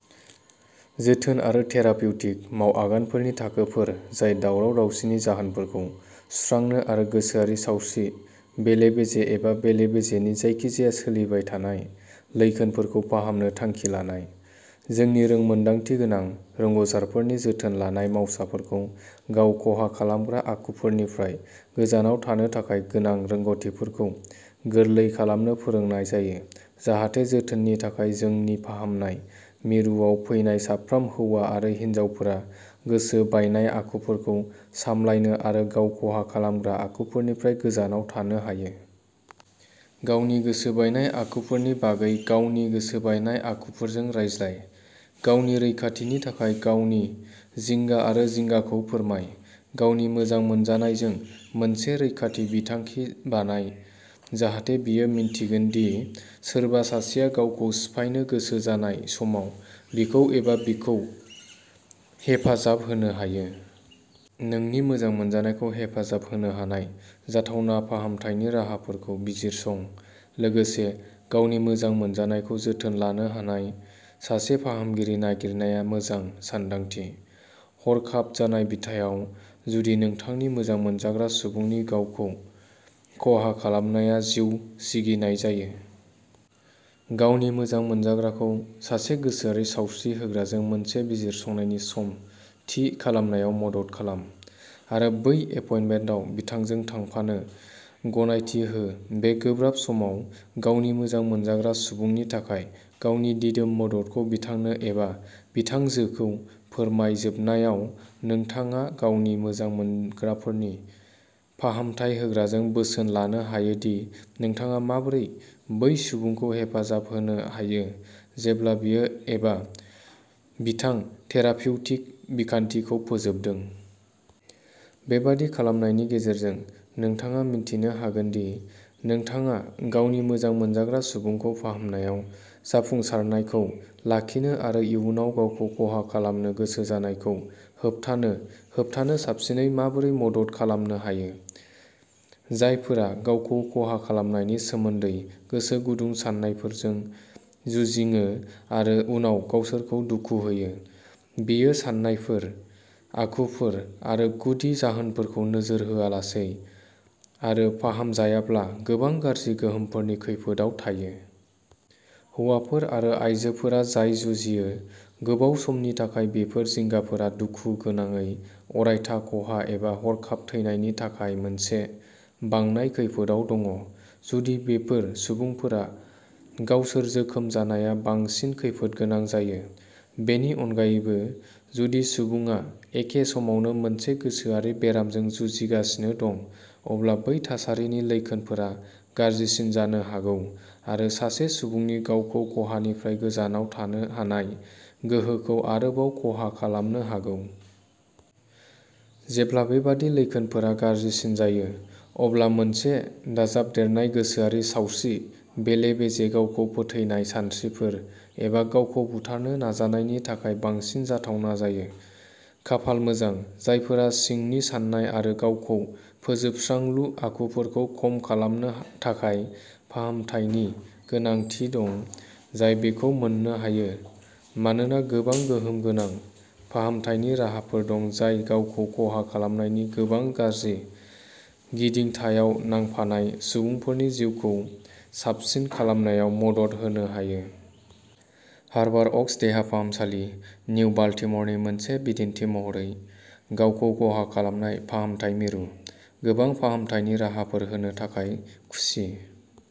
जोथोन आरो थेरापिउटिक मावआगानफोरनि थाखोफोर जाय दावराव दावसिनि जाहोनफोरखौ सुस्रांनो आरो गोसोआरि सावस्रि बेले बेजे एबा बेले-बेजेनि जायखिजाया सोलिबाय थानाय लैखोनफोरखौ फाहामनो थांखि लानाय। जोंनि रोंमोन्दांथिगोनां रोंग'सारफोरनि जोथोन लानाय मावसाफोरखौ गाव खहा खालामग्रा आखुफोरनिफ्राय गोजानाव थानो थाखाय गोनां रोंग'थिफोरखौ गोरलै खालामनो फोरोंनाय जायो जाहाथे जोथोननि थाखाय जोंनि फाहामनाय मिरुआव फैनाय साफ्रोम हौवा आरो हिनजावफोरा गोसो बायनाय आखुफोरखौ सामलायनो आरो गाव खहा खालामग्रा आखुफोरनिफ्राय गोजानाव थानो हायो। गावनि गोसो बायनाय आखुफोरनि बागै गावनि गोसो बायनाय आखुफोरजों रायज्लाय, गावनि रैखाथिनि थाखाय गावनि जिंगा आरो जिंगाखौ फोरमाय। गावनि मोजां मोनजानायजों मोनसे रैखाथि बिथांखि बानाय जाहाथे बियो मिन्थिगोन दि सोरबा सासेया गावखौ सिफायनो गोसो जानाय समाव बिखौ एबा बिखौ हेफाजाब होनो हायो। नोंनि मोजां मोनजानायखौ हेफाजाब होनो हानाय जाथावना फाहामथायनि राहाफोरखौ बिजिरसं। लोगोसे, गावनि मोजां मोनजानायखौ जोथोन लानो हानाय सासे फाहामगिरि नागिरनाया मोजां सानदांथि। हरखाब जानाय बिथायाव, जुदि नोंथांनि मोजां मोनजाग्रा सुबुंनि गावखौ खहा खालामनाया जिउ सिगिनाय जायो। गावनि मोजां मोनजाग्राखौ सासे गोसोआरि सावस्रि होग्राजों मोनसे बिजिरसंनायनि सम थि खालामनायाव मदद खालाम आरो बै एपइन्टमेन्टआव बिथांजों थांफानो गनायथि हो बे गोब्राब समाव गावनि मोजां मोनजाग्रा सुबुंनि थाखाय गावनि दिदोम मददखौ बिथांनो एबा बिथांजोखौ फोरमाय जोबनायाव नोंथाङा गावनि मोजां मोनग्राफोरनि फाहामथाय होग्राजों बोसोन लानो हायो दि नोंथाङा माबोरै बै सुबुंखौ हेफाजाब होनो हायो जेब्ला बियो एबा बिथां थेरापिउटिक बिखान्थिखौ फोजोबदों। बेबादि खालामनायनि गेजेरजों, नोंथाङा मिन्थिनो हागोन दि नोंथाङा गावनि मोजां मोनजाग्रा सुबुंखौ फाहामनायाव जाफुंसारनायखौ लाखिनो आरो इयुनाव गावखौ खहा खालामनो गोसो जानायखौ होबथानो होबथानो साबसिनै माबोरै मदद खालामनो हायो। जायफोरा गावखौ खहा खालामनायनि सोमोनदै गोसो गुदुं साननायफोरजों जुजिङो आरो उनाव गावसोरखौ दुखु होयो, बेफोर साननायफोर, आखुफोर आरो गुदि जाहोनफोरखौ नोजोर होआलासै आरो फाहामजायाब्ला गोबां गाज्रि गोहोमफोरनि खैफोदआव थायो। हौवाफोर आरो आइजोफोरा जाय जुजियो। गोबाव समनि थाखाय बेफोर जिंगाफोरा दुखु गोनाङै अरायथा खहा एबा हरखाब थैनायनि थाखाय मोनसे बांनाय खैफोदआव दङ, जुदि बेफोर सुबुंफोरा गावसोर जोखोम जानाया बांसिन खैफोदगोनां जायो। बेनि अनगायैबो, जुदि सुबुङा एखे समावनो मोनसे गोसोआरि बेरामजों जुजिगासिनो दं, अब्ला बै थासारिनि लैखोनफोरा गाज्रिसिन जानो हागौ आरो सासे सुबुंनि गावखौ खहानिफ्राय गोजानाव थानो हानाय गोहोखौ आरोबाव खहा खालामनो हागौ। जेब्ला बेबादि लैखोनफोरा गाज्रिसिन जायो, अब्ला मोनसे दाजाबदेरनाय गोसोआरि सावस्रि बेले बेजे, गावखौ फोथैनाय सानस्रिफोर, एबा गावखौ बुथारनो नाजानायनि थाखाय बांसिन जाथावना जायो। खाफाल मोजां, जायफोरा सिंनि सानाय आरो गावखौ फोजोबस्रांलु आखुफोरखौ खम खालामनो थाखाय फाहामथायनि गोनांथि दं, जाय बेखौ मोननो हायो मानोना गोबां गोहोमगोनां फाहामथायनि राहाफोर दं जाय गावखौ खहा खालामनायनि गोबां गाज्रि गिदिंथायाव नांफानाय सुबुंफोरनि जिउखौ साबसिन खालामनायाव मदद होनो हायो। हार्बर अक्स देहा फाहामसालि, निउ बाल्टिम'रनि मोनसे दिन्थिमहरै गावखौ खहा खालामनाय फाहामथाय मिरु, गोबां फाहामथायनि राहाफोर होनो थाखाय खुसि।